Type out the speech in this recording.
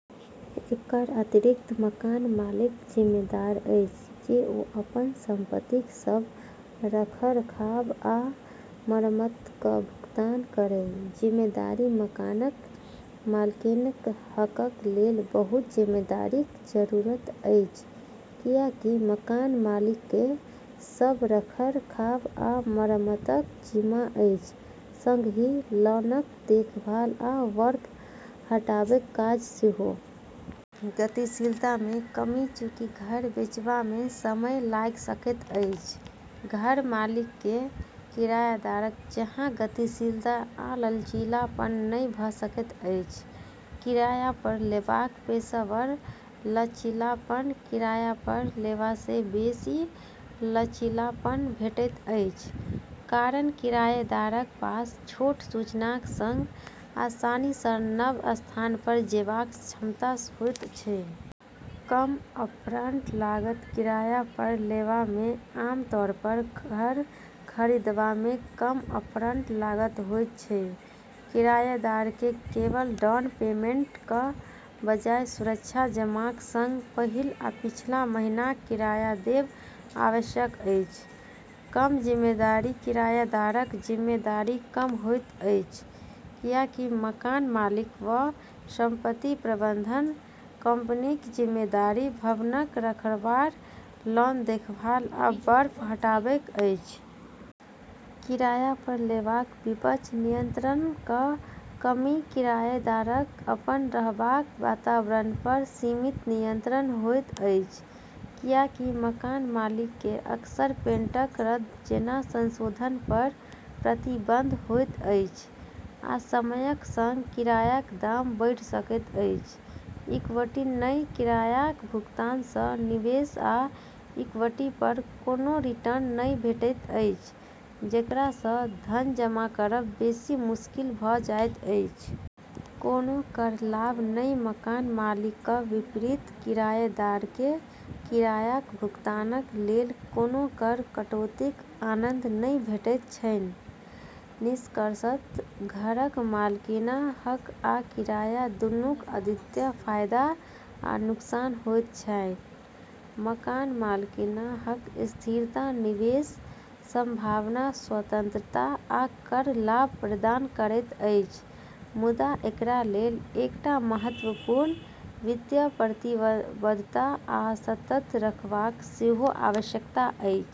एकर अतिरिक्त, मकान मालिकक जिम्मेदारी अछि जे ओ अपन सम्पतिक सभ रखरखाव आ मरम्मतक भुगतान करय। जिम्मेदारी: मकानक मालिकाना हकक लेल बहुत जिम्मेदारीक जरूरत अछि, किएकि मकान मालिककेँ सभ रखरखाव आ मरम्मतक जिम्मा अछि, सँगही लॉनक देखभाल आ बर्फ हटाबैक काज सेहो। गतिशीलतामे कमी: चूंकि घर बेचबामे समय लागि सकैत अछि, घर मालिकमे किरायदारक जकाँ गतिशीलता आ लचीलापन नहि भऽ सकैत अछि। किरायापर लेबाक पेशेवर: लचीलापन: किरायापर लेबासँ बेसी लचीलापन भेटैत अछि, कारण किरायेदारक पास छोट सूचनाक सँग आसानीसँ नव स्थानपर जेबाक क्षमता होइत छैक। कम अपफ्रन्ट लागत: किरायापर लेबामे आमतौरपर घर खरी दबामे कम अपफ्रन्ट लागत होइत छैक, किरायेदारकेँ केवल डाउन पेमेन्टक बजाय, सुरक्षा जमाक सँग पहिल आ पिछला महीनाक किराया देब आवश्यक अछि। कम जिम्मेदारी: किरायेदारक जिम्मेदारी कम होइत अछि, किएकि मकान मालिक वा सम्पति प्रबन्धन कम्पनीक जिम्मेदारी भवनक रखरखाव, लॉन देखभाल, आ बर्फ हटाबैक अछि। किरायापर लेबाक विपक्ष: नियन्त्रणक कमी: किरायेदारक अपन रहबाक वातावरणपर सीमित नियन्त्रण होइत अछि, किएकि मकान मालिककेँ अक्सर पेन्टक रङ्ग जेना संशोधनपर प्रतिबन्ध होइत अछि, आ समयक सँग किरायाक दाम बढ़ि सकैत अछि। इक्विटी नहि: किरायाक भुगतानसँ निवेश वा इक्विटीपर कोनो रिटर्न नहि भेटैत अछि, जेकरासँ धन जमा करब बेसी मुश्किल भऽ जाइत अछि। कोनो कर लाभ नहि: मकान मालिकक विपरीत किरायदारकेँ किरायाक भुगतानक लेल कोनो कर कटौतीक आनन्द नहि भेटैत छनि। निष्कर्षतः घरक मालिकाना हक आ किराया दूनूक अद्वितीय फायदा आ नुकसान होइत छैक। मकान मालिकाना हक स्थिरता, निवेश सम्भावना, स्वतन्त्रता, आ कर लाभ प्रदान करैत अछि, मुदा एकरालेल एकटा महत्वपूर्ण वित्तीय प्रतिबद्धता आ सतत रखरखावक सेहो आवश्यकता अछि।